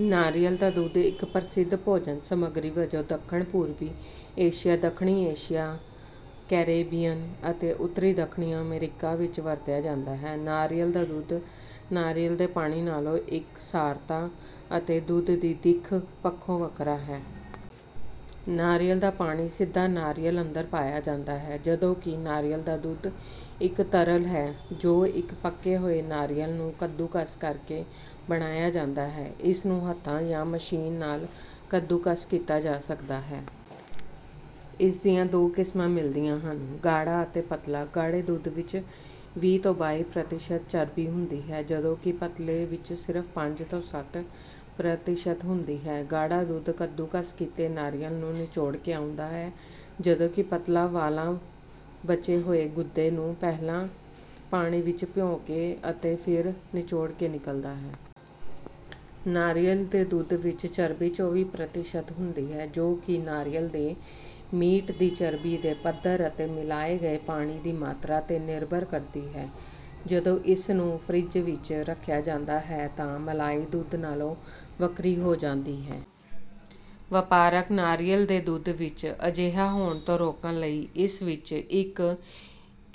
ਨਾਰੀਅਲ ਦਾ ਦੁੱਧ ਇੱਕ ਪ੍ਰਸਿੱਧ ਭੋਜਨ-ਸਮੱਗਰੀ ਵਜੋਂ ਦੱਖਣ-ਪੂਰਬੀ ਏਸ਼ੀਆ, ਦੱਖਣੀ ਏਸ਼ੀਆ, ਕੈਰੇਬੀਅਨ ਅਤੇ ਉੱਤਰੀ ਦੱਖਣੀ ਅਮਰੀਕਾ ਵਿੱਚ ਵਰਤਿਆ ਜਾਂਦਾ ਹੈ। ਨਾਰੀਅਲ ਦਾ ਦੁੱਧ ਨਾਰੀਅਲ ਦੇ ਪਾਣੀ ਨਾਲੋਂ ਇਕਸਾਰਤਾ ਅਤੇ ਦੁੱਧ ਦੀ ਦਿੱਖ ਪੱਖੋਂ ਵੱਖਰਾ ਹੈ। ਨਾਰੀਅਲ ਦਾ ਪਾਣੀ ਸਿੱਧਾ ਨਾਰੀਅਲ ਅੰਦਰ ਪਾਇਆ ਜਾਂਦਾ ਹੈ, ਜਦੋਂ ਕਿ ਨਾਰੀਅਲ ਦਾ ਦੁੱਧ ਇੱਕ ਤਰਲ ਹੈ, ਜੋ ਇੱਕ ਪੱਕੇ ਹੋਏ ਨਾਰੀਅਲ ਨੂੰ ਕੱਦੂਕਸ ਕਰਕੇ ਬਣਾਇਆ ਜਾਂਦਾ ਹੈ। ਇਸ ਨੂੰ ਹੱਥਾਂ ਜਾਂ ਮਸ਼ੀਨ ਨਾਲ ਕੱਦੂਕਸ ਕੀਤਾ ਜਾ ਸਕਦਾ ਹੈ। ਇਸ ਦੀਆਂ ਦੋ ਕਿਸਮਾਂ ਮਿਲਦੀਆਂ ਹਨ: ਗਾੜ੍ਹਾ ਅਤੇ ਪਤਲਾ। ਗਾੜ੍ਹੇ ਦੁੱਧ ਵਿੱਚ ਵੀਹ ਤੋਂ ਬਾਈ ਪ੍ਰਤੀਸ਼ਤ ਚਰਬੀ ਹੁੰਦੀ ਹੈ, ਜਦੋਂ ਕਿ ਪਤਲੇ ਵਿੱਚ ਸਿਰਫ਼ ਪੰਜ ਤੋਂ ਸੱਤ ਪ੍ਰਤੀਸ਼ਤ ਹੁੰਦੀ ਹੈ। ਗਾੜ੍ਹਾ ਦੁੱਧ ਕੱਦੂਕਸ ਕੀਤੇ ਨਾਰੀਅਲ ਨੂੰ ਨਿਚੋੜ ਕੇ ਆਉਂਦਾ ਹੈ, ਜਦੋਂ ਕਿ ਪਤਲਾ ਵਾਲਾ ਬਚੇ ਹੋਏ ਗੁੱਦੇ ਨੂੰ ਪਹਿਲਾਂ ਪਾਣੀ ਵਿੱਚ ਭਿਓਂ ਕੇ ਅਤੇ ਫਿਰ ਨਿਚੋੜ ਕੇ ਨਿਕਲਦਾ ਹੈ। ਨਾਰੀਅਲ ਦੇ ਦੁੱਧ ਵਿੱਚ ਚਰਬੀ ਚੌਵੀ ਪ੍ਰਤੀਸ਼ਤ ਹੁੰਦੀ ਹੈ, ਜੋ ਕਿ ਨਾਰੀਅਲ ਦੇ ਮੀਟ ਦੀ ਚਰਬੀ ਦੇ ਪੱਧਰ ਅਤੇ ਮਿਲਾਏ ਗਏ ਪਾਣੀ ਦੀ ਮਾਤਰਾ ’ਤੇ ਨਿਰਭਰ ਕਰਦੀ ਹੈ। ਜਦੋਂ ਇਸ ਨੂੰ ਫਰਿੱਜ ਵਿੱਚ ਰੱਖਿਆ ਜਾਂਦਾ ਹੈ ਤਾਂ ਮਲਾਈ ਦੁੱਧ ਨਾਲੋਂ ਵੱਖਰੀ ਹੋ ਜਾਂਦੀ ਹੈ। ਵਪਾਰਕ ਨਾਰੀਅਲ ਦੇ ਦੁੱਧ ਵਿੱਚ ਅਜਿਹਾ ਹੋਣ ਤੋਂ ਰੋਕਣ ਲਈ ਇਸ ਵਿੱਚ ਇੱਕ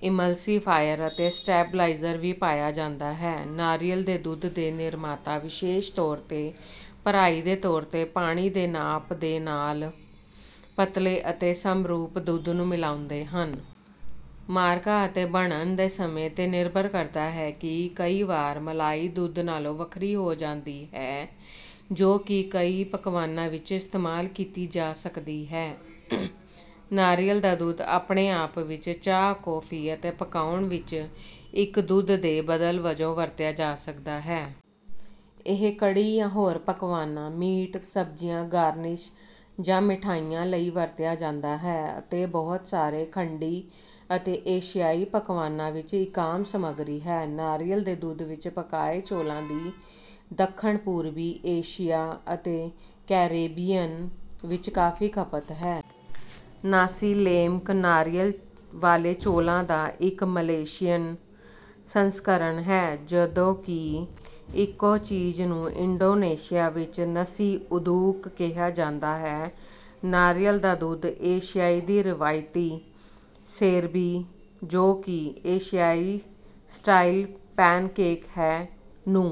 ਇਮਲਸੀਫਾਇਰ ਅਤੇ ਸਟੇਬਲਾਈਜ਼ਰ ਵੀ ਪਾਇਆ ਜਾਂਦਾ ਹੈ। ਨਾਰੀਅਲ ਦੇ ਦੁੱਧ ਦੇ ਨਿਰਮਾਤਾ ਵਿਸ਼ੇਸ਼ ਤੌਰ ’ਤੇ ਭਰਾਈ ਦੇ ਤੌਰ ’ਤੇ ਪਾਣੀ ਦੇ ਨਾਪ ਦੇ ਨਾਲ ਪਤਲੇ ਅਤੇ ਸਮਰੂਪ ਦੁੱਧ ਨੂੰ ਮਿਲਾਉਂਦੇ ਹਨ। ਮਾਰਕਾ ਅਤੇ ਬਣਨ ਦੇ ਸਮੇਂ ’ਤੇ ਨਿਰਭਰ ਕਰਦਾ ਹੈ ਕਿ ਕਈ ਵਾਰ ਮਲਾਈ ਦੁੱਧ ਨਾਲੋਂ ਵੱਖਰੀ ਹੋ ਜਾਂਦੀ ਹੈ, ਜੋ ਕਿ ਕਈ ਪਕਵਾਨਾਂ ਵਿੱਚ ਇਸਤੇਮਾਲ ਕੀਤੀ ਜਾ ਸਕਦੀ ਹੈ। ਨਾਰੀਅਲ ਦਾ ਦੁੱਧ ਆਪਣੇ ਆਪ ਵਿੱਚ ਚਾਹ, ਕੌਫੀ ਅਤੇ ਪਕਾਉਣ ਵਿੱਚ ਇੱਕ ਦੁੱਧ ਦੇ ਬਦਲ ਵਜੋਂ ਵਰਤਿਆ ਜਾ ਸਕਦਾ ਹੈ। ਇਹ ਕੜ੍ਹੀ ਜਾਂ ਹੋਰ ਪਕਵਾਨਾਂ, ਮੀਟ, ਸਬਜ਼ੀਆਂ, ਗਾਰਨਿਸ਼ ਜਾਂ ਮਿਠਾਈਆਂ ਲਈ ਵਰਤਿਆ ਜਾਂਦਾ ਹੈ ਅਤੇ ਬਹੁਤ ਸਾਰੇ ਖੰਡੀ ਅਤੇ ਏਸ਼ਿਆਈ ਪਕਵਾਨਾਂ ਵਿੱਚ ਇੱਕ ਆਮ ਸਮੱਗਰੀ ਹੈ। ਨਾਰੀਅਲ ਦੇ ਦੁੱਧ ਵਿੱਚ ਪਕਾਏ ਚੌਲਾਂ ਦੀ ਦੱਖਣ-ਪੂਰਬੀ ਏਸ਼ੀਆ ਅਤੇ ਕੈਰੀਬੀਅਨ ਵਿੱਚ ਕਾਫ਼ੀ ਖਪਤ ਹੈ। ਨਾਸੀ ਲੇਮਕ, ਨਾਰੀਅਲ ਵਾਲੇ ਚੌਲਾਂ ਦਾ ਇੱਕ ਮਲੇਸ਼ੀਅਨ ਸੰਸਕਰਣ ਹੈ, ਜਦੋਂ ਕਿ ਇੱਕੋ ਚੀਜ਼ ਨੂੰ ਇੰਡੋਨੇਸ਼ੀਆ ਵਿੱਚ ਨਸੀ ਉਦੁਕ ਕਿਹਾ ਜਾਂਦਾ ਹੈ। ਨਾਰੀਅਲ ਦਾ ਦੁੱਧ ਏਸ਼ੀਆ ਦੀ ਰਵਾਇਤੀ ਸੇਰਬੀ, ਜੋ ਕਿ ਏਸ਼ਿਆਈ ਸਟਾਈਲ ਪੈਨਕੇਕ ਹੈ, ਨੂੰ...